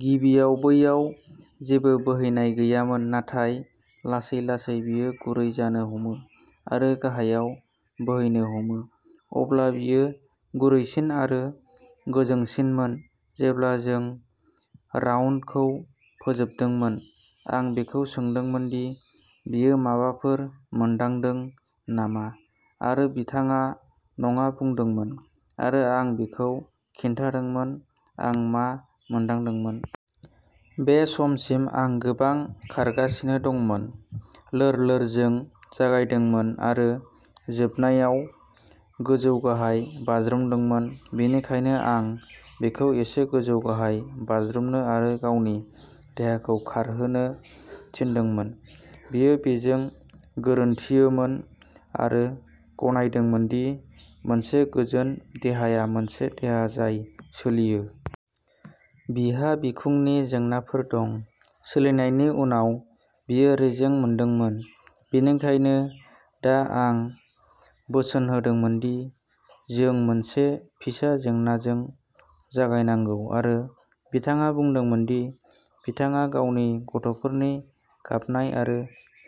गिबियाव बैयाव जेबो बोहैनाय गैयामोन नाथाय लासै-लासै बेयो गुरै जानो हमो आरो गाहायाव बोहैनो हमो। अब्ला बियो गुरैसिन आरो गोजोंसिनमोन। जेब्ला जों राउन्डखौ फोजोबदोंमोन, आं बिखौ सोंदोंमोन दि बियो माबाफोर मोनदांदों नामा आरो बिथाङा'नङा'बुंदोंमोन आरो आं बिखौ खिन्थादोंमोन आं मा मोनदांदोंमोन। बे समसिम आं गोबां खारगासिनो दंमोन, लोर-लोरजों जागायदोंमोन आरो जोबनायाव गोजौ-गाहाय बाज्रुमदोंमोन। बेनिखायनो आं बिखौ एसे गोजौ-गाहाय बाज्रुमनो आरो गावनि देहाखौ खारहोनो थिनदोंमोन। बियो बेजों गोरोन्थियोमोन आरो गनायदोंमोन दि मोनसे गोजोन देहाया मोनसे देहा जाय सोलियो। बिहा बिखुंनि जेंनाफोर दं। सोलिनायनि उनाव बियो रेजें मोनदोंमोन। बेनिखायनो दा आं बोसोन होदोंमोन दि जों मोनसे फिसा जेंनाजों जागायनांगौ आरो बिथाङा बुंदोंमोन दि बिथाङा गावनि गथ'फोरनि गाबनाय आरो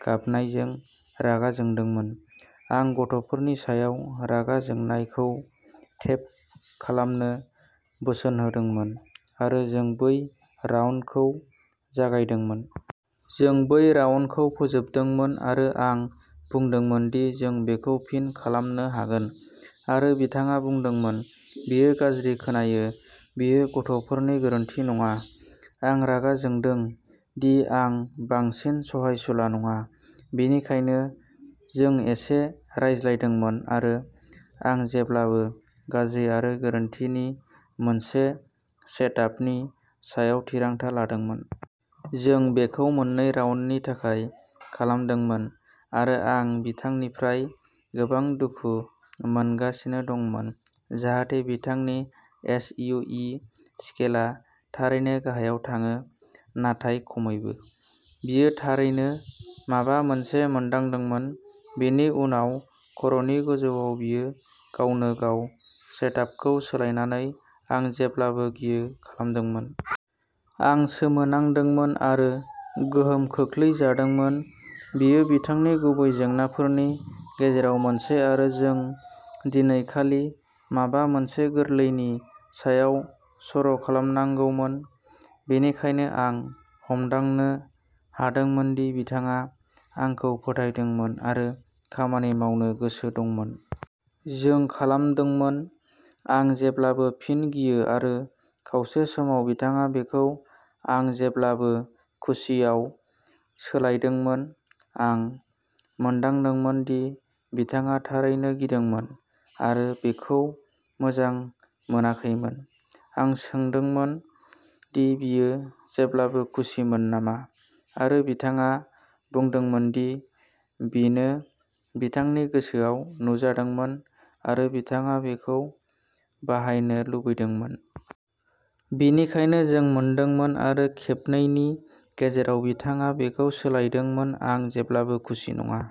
गाबनायजों रागा जोंदोंमोन। आं "गथ'फोरनि सायाव रागा जोंनाय" खौ टेप खालामनो बोसोन होदोंमोन आरो जों बै राउन्डखौ जागायदोंमोन। जों बै राउन्डखौ फोजोबदोंमोन आरो आं बुंदोंमोन दि जों बेखौ फिन खालामनो हागोन आरो बिथाङा बुंदोंमोन "बेयो गाज्रि खोनायो, बेयो गथ'फोरनि गोरोन्थि नङा। आं रागा जोंदों दि आं बांसिन सहायसुला नङा। " बेनिखायनो जों एसे रायज्लायदोंमोन आरो "आं जेब्लाबो गाज्रि आरो गोरोन्थि" नि मोनसे सेटआपनि सायाव थिरांथा लादोंमोन। जों बेखौ मोननै राउन्डनि थाखाय खालामदोंमोन आरो आं बिथांनिफ्राय गोबां दुखु मोनगासिनो दंमोन जाहाथे बिथांनि एस. यु. इ. स्केलआ थारैनो गाहायाव थाङो नाथाय खमैबो। बियो थारैनो माबा मोनसे मोन्दांदोंमोन। बेनि उनाव खर'नि गोजौआव बियो गावनो-गाव सेटआपखौ सोलायनानै "आं जेब्लाबो गियो" खालामदोंमोन। आं सोमोनांदोंमोन आरो गोहोम खोख्लैजादोंमोन। बेयो बिथांनि गुबै जेंनाफोरनि गेजेराव मोनसे आरो जों दिनै खालि माबा मोनसे गोरलैनि सायाव सर'खालामनांगौमोन। बेनिखायनो आं हमदांनो हादोंमोन दि बिथाङा आंखौ फोथायदोंमोन आरो खामानि मावनो गोसो दंमोन। जों खालामदोंमोन "आं जेब्लाबो फिन गियो" आरो खावसे समाव बिथाङा बेखौ "आं जेब्लाबो खुसि" आव सोलायदोंमोन। आं मोनदांदोंमोन दि बिथाङा थारैनो गिदोंमोन आरो बेखौ मोजां मोनाखैमोन। आं सोंदोंमोन दि बियो जेब्लाबो खुसिमोन नामा आरो बिथाङा बुंदोंमोन दि बेनो बिथांनि गोसोआव नुजादोंमोन आरो बिथाङा बेखौ बाहायनो लुबैदोंमोन। बेनिखायनो जों मोनदोंमोन आरो खेबनैनि गेजेराव बिथाङा बेखौ सोलायदोंमोन "आं जेब्लाबो खुसि नङा"।